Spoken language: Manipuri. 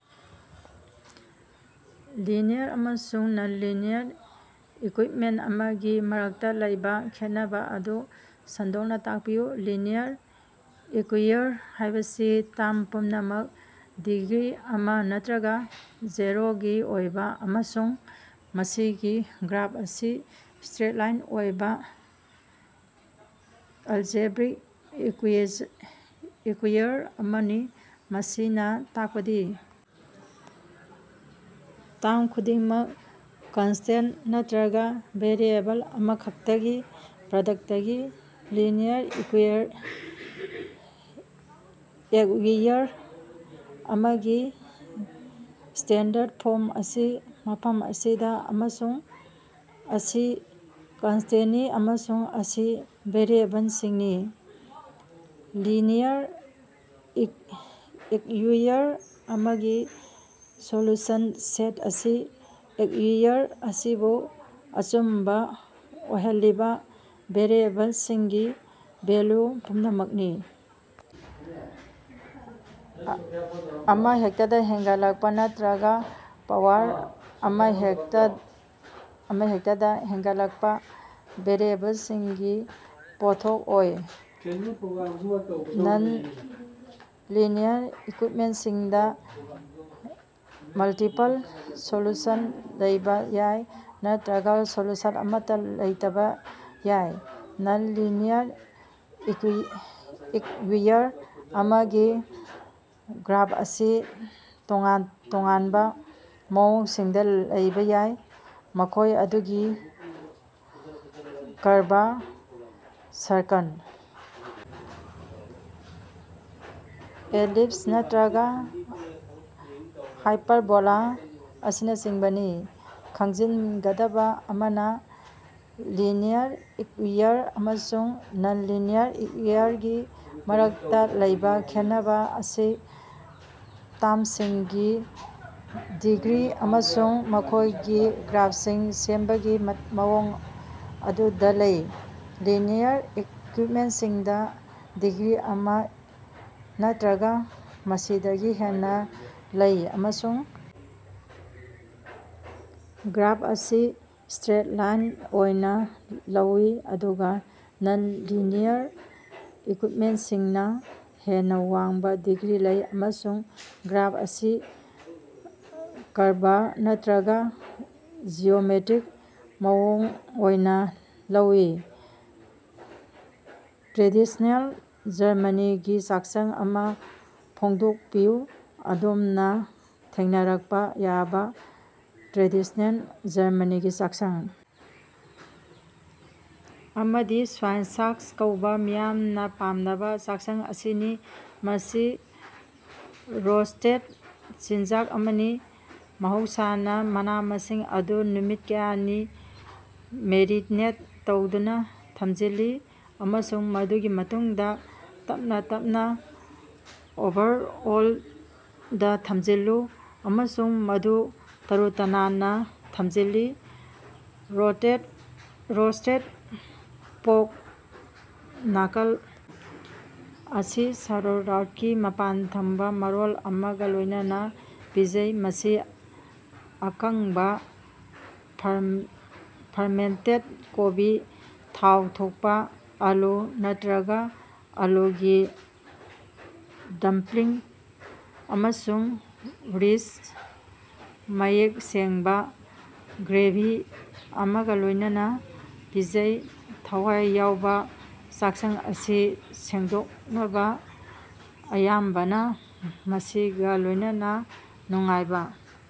ꯂꯤꯅꯤꯌꯔ ꯑꯃꯁꯨꯡ ꯅꯟ-ꯂꯤꯅꯤꯌꯔ ꯏꯛꯀꯨꯢꯞꯃꯦꯟ ꯑꯃꯒꯤ ꯃꯔꯛꯇ ꯂꯩꯕꯥ ꯈꯦꯠꯅꯕꯥ ꯑꯗꯨ ꯁꯟꯗꯣꯛꯅ ꯇꯥꯛꯄꯤꯌꯨ꯫ ꯂꯤꯅꯤꯌꯔ ꯏꯛꯌꯨꯏꯌꯔ ꯍꯥꯢꯕꯁꯤ ꯇꯥꯝ ꯄꯨꯝꯅꯃꯛ ꯗꯤꯒ꯭ꯔꯤ ꯑꯃ ꯅꯠꯇ꯭ꯔꯒ ꯖꯤꯔꯣꯒꯤ ꯑꯣꯏꯕ ꯑꯃꯁꯨꯡ ꯃꯁꯤꯒꯤ ꯒ꯭ꯔꯥꯐ ꯑꯁꯤ ꯁꯇ꯭ꯔꯦꯠ ꯂꯥꯏꯟ ꯑꯣꯏꯕ ꯑꯦꯜꯖꯦꯕ꯭ꯔꯤꯛ ꯏꯛꯀ꯭ꯌꯨꯏꯌꯔ ꯑꯃꯅꯤ꯫ ꯃꯁꯤꯅ ꯇꯥꯛꯄꯗꯤ ꯇꯥꯝ ꯈꯨꯗꯤꯡꯃꯛ ꯀꯟꯁꯇꯦꯟ ꯅꯠꯇ꯭ꯔꯒꯥ ꯚꯦꯔꯤꯑꯦꯕꯜ ꯑꯃꯈꯛꯇꯒꯤ ꯄ꯭ꯔꯗꯛꯇꯒꯤ꯫ ꯂꯤꯅꯤꯌꯔ ꯏꯛꯌꯨꯏꯌꯔ ꯑꯃꯒꯤ ꯁ꯭ꯇꯦꯟꯗꯔꯗ ꯐꯣꯔꯝ ꯑꯁꯤ ꯃꯐꯝꯁꯤꯗꯥ, ꯑꯃꯁꯨꯡ ꯑꯁꯤ ꯀꯟꯁꯇꯦꯟꯅꯤ ꯑꯃꯁꯨꯡ ꯑꯁꯤ ꯚꯦꯔꯤꯑꯦꯕꯜꯁꯤꯡꯅꯤ꯫ ꯂꯤꯅꯤꯌꯔ ꯏꯛꯌꯨꯏꯌꯔ ꯑꯃꯒꯤ ꯁꯣꯂꯨꯁꯟ ꯁꯦꯠ ꯑꯁꯤ ꯏꯛꯌꯨꯏꯌꯔ ꯑꯁꯤꯕꯨ ꯑꯆꯨꯝꯕ ꯑꯣꯏꯍꯜꯂꯤꯕꯥ ꯚꯦꯔꯤꯑꯦꯕꯜꯁꯤꯡꯒꯤ ꯚꯦꯜꯂꯨ ꯄꯨꯝꯅꯃꯛꯅꯤ꯫ ꯑꯃꯍꯦꯛꯇꯗ ꯍꯦꯟꯒꯠꯂꯛꯄ ꯅꯠꯇ꯭ꯔꯒ ꯄꯥꯋꯔ ꯑꯃꯍꯦꯛꯇ ꯑꯃꯍꯦꯛꯇꯗꯥ ꯍꯦꯟꯒꯠꯂꯛꯄ ꯚꯦꯔꯤꯑꯦꯕꯜꯁꯤꯡꯒꯤ ꯄꯣꯠꯊꯣꯛ ꯑꯣꯏ꯫ ꯅꯟ-ꯂꯤꯅꯤꯌꯔ ꯏꯛꯀꯨꯏꯞꯃꯦꯟꯇꯁꯤꯡꯗ ꯃꯜꯇꯤꯄꯜ ꯁꯣꯜꯂꯨꯁꯟ ꯂꯩꯕ ꯌꯥꯏ ꯅꯠꯇ꯭ꯔꯒ ꯁꯣꯜꯂꯨꯁꯟ ꯑꯃꯠꯇꯥ ꯂꯩꯇꯕ ꯌꯥꯏ꯫ ꯅꯟ-ꯂꯤꯅꯤꯌꯔ ꯏꯛꯌꯨꯏꯌꯔ ꯑꯃꯒꯤ ꯒ꯭ꯔꯥꯐ ꯑꯁꯤ ꯇꯣꯉꯥꯟ-ꯇꯣꯉꯥꯟꯕ ꯃꯑꯣꯡꯁꯤꯡ ꯂꯧꯕꯥ ꯌꯥꯏ, ꯃꯈꯣꯏ ꯑꯗꯨꯗꯤ ꯀꯔꯕꯥ, ꯁꯔꯀꯜ, ꯑꯦꯂꯤꯞꯁ ꯅꯠꯇ꯭ꯔꯒ ꯍꯥꯏꯄꯔꯕꯣꯂꯥ ꯑꯁꯤꯅꯆꯤꯡꯕꯅꯤ꯫ ꯈꯪꯖꯤꯟꯒꯗꯕ ꯑꯃꯅ, ꯂꯤꯅꯤꯌꯔ ꯏꯛꯌꯨꯏꯌꯔ ꯑꯃꯁꯨꯡ ꯅꯟ-ꯂꯤꯅꯤꯌꯔ ꯏꯛꯌꯨꯏꯌꯔꯒꯤ ꯃꯔꯛꯇꯥ ꯂꯩꯕꯥ ꯈꯦꯠꯅꯕꯥ ꯑꯁꯤ ꯇꯥꯝꯁꯤꯡꯒꯤ ꯗꯤꯒ꯭ꯔꯤ ꯑꯃꯁꯨꯡ ꯃꯈꯣꯢꯒꯤ ꯒ꯭ꯔꯥꯐꯁꯤꯡ ꯁꯦꯝꯕꯒꯤ ꯃꯑꯣꯡ ꯑꯗꯨꯗꯥ ꯂꯩ꯫ ꯂꯤꯅꯤꯌꯔ ꯏꯛꯀꯨꯏꯞꯃꯦꯟꯇꯁꯤꯡꯗ ꯗꯤꯒ꯭ꯔꯤ ꯑꯃ ꯅꯠꯇ꯭ꯔꯒ ꯃꯁꯤꯗꯒꯤ ꯍꯦꯟꯅ ꯂꯩ ꯑꯃꯁꯨꯡ ꯒ꯭ꯔꯥꯐ ꯑꯁꯤ ꯁꯇ꯭ꯔꯦꯠ ꯂꯥꯏꯟ ꯑꯣꯏꯅ ꯂꯧꯏ, ꯑꯗꯨꯒ ꯅꯟ-ꯂꯤꯅꯤꯌꯔ ꯏꯛꯀꯨꯏꯞꯃꯦꯟꯇꯁꯤꯡꯅ ꯍꯦꯟꯅ ꯋꯥꯡꯕ ꯗꯤꯒ꯭ꯔꯤ ꯂꯩ ꯑꯃꯁꯨꯡ ꯒ꯭ꯔꯥꯐ ꯑꯁꯤ ꯀꯔꯕꯥ ꯅꯠꯇ꯭ꯔꯒ ꯖꯤꯑꯣꯃꯦꯠꯔꯤꯛ ꯃꯑꯣꯡ ꯑꯣꯏꯅ ꯂꯧꯏ꯫ ꯇ꯭ꯔꯦꯗꯤꯁꯅꯦꯜ ꯖꯔꯃꯅꯤꯒꯤ ꯆꯥꯛꯁꯪ ꯑꯃ ꯐꯣꯡꯗꯣꯛꯄꯤꯌꯨ꯫ ꯑꯗꯣꯝꯅ ꯊꯦꯡꯅꯔꯛꯄ ꯌꯥꯕ ꯇ꯭ꯔꯦꯗꯤꯁ꯭ꯅꯦꯜ ꯖꯔꯃꯅꯤꯒꯤ ꯆꯥꯛꯁꯪ ꯑꯃꯗꯤ ꯁ꯭ꯕꯥꯏꯟꯁꯥꯛꯁ ꯀꯧꯕꯥ ꯃꯤꯌꯥꯝꯅ ꯄꯥꯝꯅꯕ ꯆꯥꯛꯁꯪ ꯑꯁꯤꯅꯤ, ꯃꯁꯤ ꯔꯣꯁ꯭ꯇꯦꯗ ꯆꯤꯟꯖꯥꯛ ꯑꯃꯅꯤ꯫ ꯃꯍꯧꯁꯥꯅ, ꯃꯅꯥ-ꯃꯁꯤꯡ ꯑꯗꯨ ꯅꯨꯃꯤꯠ ꯀꯌꯥꯅꯤ ꯃꯦꯔꯤꯅꯦꯠ ꯇꯧꯗꯨꯅꯥ ꯊꯝꯖꯤꯜꯂꯤ ꯑꯃꯁꯨꯡ ꯃꯗꯨꯒꯤ ꯃꯇꯨꯡꯗ ꯇꯞꯅ ꯇꯞꯅ ꯑꯣꯚꯔꯑꯣꯜꯗꯥ ꯊꯝꯖꯤꯜꯂꯨ ꯑꯃꯁꯨꯡ ꯃꯗꯨ ꯇꯔꯨ-ꯇꯅꯥꯟꯅꯥ ꯊꯝꯖꯤꯜꯂꯤ꯫ ꯔꯣꯇꯦꯗ ꯔꯣꯁ꯭ꯇꯦꯗ ꯄꯣꯔꯛ ꯅꯀꯜ ꯑꯁꯤ ꯁꯥꯎꯔꯨꯔꯥꯠꯀꯤ ꯃꯄꯥꯟꯊꯪꯕꯥ ꯃꯔꯣꯜ ꯑꯃꯒ ꯂꯣꯏꯅꯅꯥ ꯄꯤꯖꯩ, ꯃꯁꯤ ꯑꯀꯪꯕꯥ ꯐꯔꯃꯦꯟꯇꯦꯠ ꯀꯣꯕꯤ, ꯊꯥꯎ ꯊꯣꯛꯄꯥ ꯑꯥꯂꯨ ꯅꯠꯇ꯭ꯔꯒ ꯑꯥꯂꯨꯒꯤ ꯗꯝꯄ꯭ꯂꯤꯡ ꯑꯃꯁꯨꯡ ꯔꯤꯁ, ꯃꯌꯦꯛ ꯁꯦꯡꯕꯥ ꯒ꯭ꯔꯦꯚꯤ ꯑꯃꯒ ꯂꯣꯢꯅꯅꯥ ꯄꯤꯖꯩ꯫ ꯊꯋꯥꯏ ꯌꯥꯎꯕꯥ ꯆꯥꯛꯁꯪ ꯑꯁꯤ ꯁꯦꯡꯗꯣꯛꯅꯕꯥ ꯑꯌꯥꯝꯕꯅ ꯃꯁꯤꯒ ꯂꯣꯢꯅꯅꯥ ꯅꯨꯡꯉꯥꯏꯕꯥ